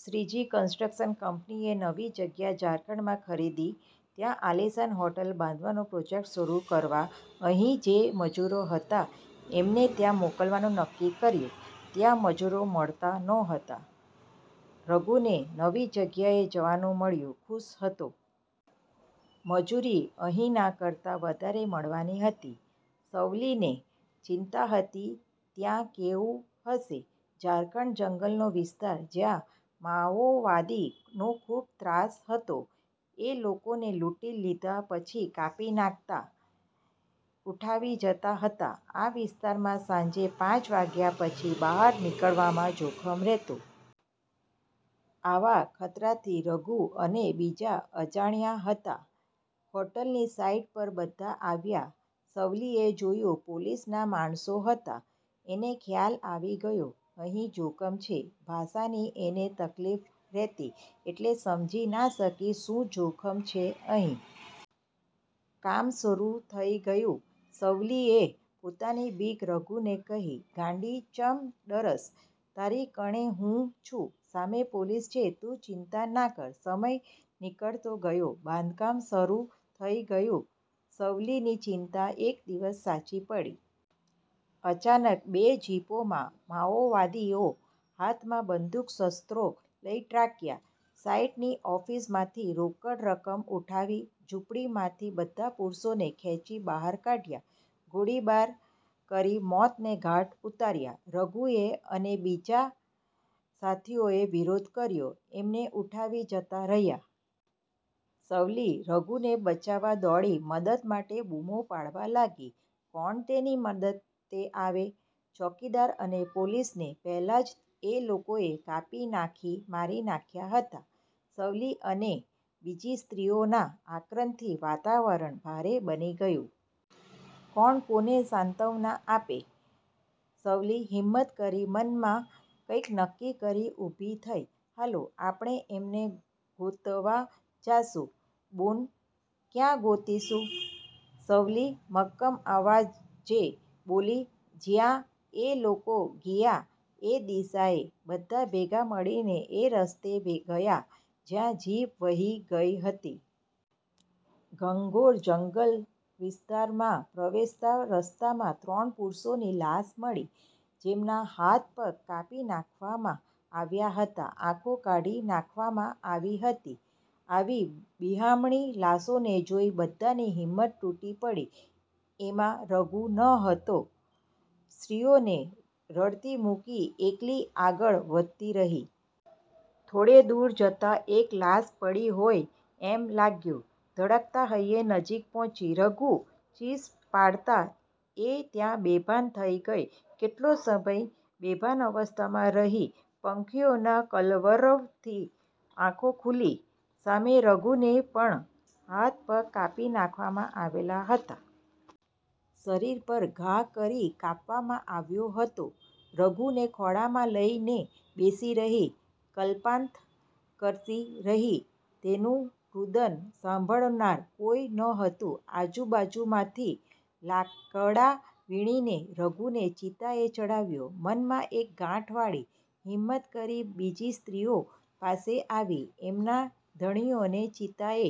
Shriji construction' કંપનીએ નવી જગ્યા ઝારખંડમાં ખરીદી, ત્યાં આલિશાન હોટેલ બાંધવાનો પ્રોજેક્ટ શરૂ કરવા, અહીં જે મજુરો હતા એમને ત્યાં મોકલવાનું નક્કી કર્યું. ત્યાં મજૂરો મળતા નહોતા. રઘુને નવી જગાએ જવાનું મળ્યું, ખુશ હતો. મજૂરી અહીંના કરતા વધારે મળવાની હતી. સવલીને ચિંતા હતી "તત્યાં કેવું હશે?" ઝારખંડ જંગલનો વિસ્તાર, જ્યાં 'માઓવાદી'નો ખૂબ ત્રાસ હતો. એ લોકોને લૂંટી લીધા પછી કાપી નાખતા, ઉઠાવી જતા હતા. આ વિસ્તારમાં સાંજે પાંચ વાગ્યા પછી બહાર નીકળવામાં જોખમ રહેતું. આવા ખતરાથી રઘુ અને બીજા અજાણ્યા હતા. હોટલની સાઇટ પર બધા આવ્યાં, સવલીએ જોયું, પોલીસના માણસો હતા. એને ખ્યાલ આવી ગયો, અહીં જોખમ છે. ભાષાની એને તકલીફ રહેતી, એટલે સમજી ના શકી શું જોખમ છે અહીં. કામ શરૂ થઇ ગયું. સવલીએ પોતાની બીક રઘુને કહી. "ગાંડી ચ્યમ ડરશ? તારી કને હું છું, સામે પોલીસ છે, તું ચિંતા ના કર" સમય નીકળતો ગયો, બાંધકામ શરૂ થઈ ગયું. સવલીની ચિંતા એક દિવસ સાચી પડી. અચાનક બે જીપોમાં માઓવાદીઓ હાથમાં બંદૂક, શસ્ત્રો લઈ ત્રાટક્યા. સાઇટની ઓફિસમાંથી રોકડ રકમ ઉઠાવી, ઝૂંપડીમાંથી બધા પુરુષોને ખેંચી બહાર કાઢ્યા. ગોળીબાર કરી મોતને ઘાટ ઉતાર્યા. રઘુએ અને બીજા સાથીઓએ વિરોધ કર્યો, એમને ઉઠાવી જતા રહ્યા. સવલી રઘુને બચાવવા દોડી, મદદ માટે બૂમો પાડવા લાગી. કોણ તેની મદદે આવે? ચોકીદાર અને પોલીસને પહેલા જ એ લોકોએ કાપી નાખી મારી નાખ્યા હતા. સવલી અને બીજી સ્ત્રીઓના આક્રંદથી વાતાવરણ ભારે બની ગયું. કોણ કોને સાંત્વના આપે? સવલી હિંમત કરી મનમાં કંઈક નક્કી કરી ઊભી થઈ. "હાલો, આપણે એમને ગોતવા જાશું." "બુન, ક્યાં ગોતીશું?" સવલી મક્કમ અવાજે બોલી, "જીયા એ લોકો ગિયા એ દિશાએ." બધા ભેગા મળીને એ રસ્તે ગયા, જ્યાં જીપ વહી ગઇ હતી. ઘનઘોર જંગલ વિસ્તારમાં પ્રવેશતાં રસ્તામાં ત્રણ પુરૂષોની લાશ મળી. જેમના હાથ-પગ કાપી નાખવામાં આવ્યા હતા, આંખો કાઢી નાખવામાં આવી હતી. આવી બિહામણી લાશોને જોઈ બધાની હિંમત તૂટી પડી. એમાં રઘુ નહતો, સ્ત્રીઓને રડતી મૂકી એકલી આગળ વધતી રહી. થોડે દૂર જતાં એક લાશ પડી હોય એમ લાગ્યું. ધડકતા હૈયે નજીક પહોંચી, રઘુ? ચીસ પાડતાં એ ત્યાં બેભાન થઈ ગઈ. કેટલો સમય બેભાનાવસ્થામાં રહી. પંખીઓના કલરવથી આંખો ખૂલી, સામે રઘુને પણ, હાથ-પગ કાપી નાખવામાં આવેલા હતા. શરીર પર ઘા કરી કાપવામાં આવ્યો હતો. રઘુને ખોળામાં લઈને બેસી રહી, કલ્પાંત કરતી રહી. તેનું રૂદન સાંભળનાર કોઈ નહોતું. આજુબાજુમાંથી લાકડા વીણીને, રઘુને ચિતાએ ચઢાવ્યો. મનમાં એક ગાંઠ વાળી. હિમત કરી, બીજી સ્ત્રીઓ પાસે આવી. એમના ધણીઓને ચિતાએ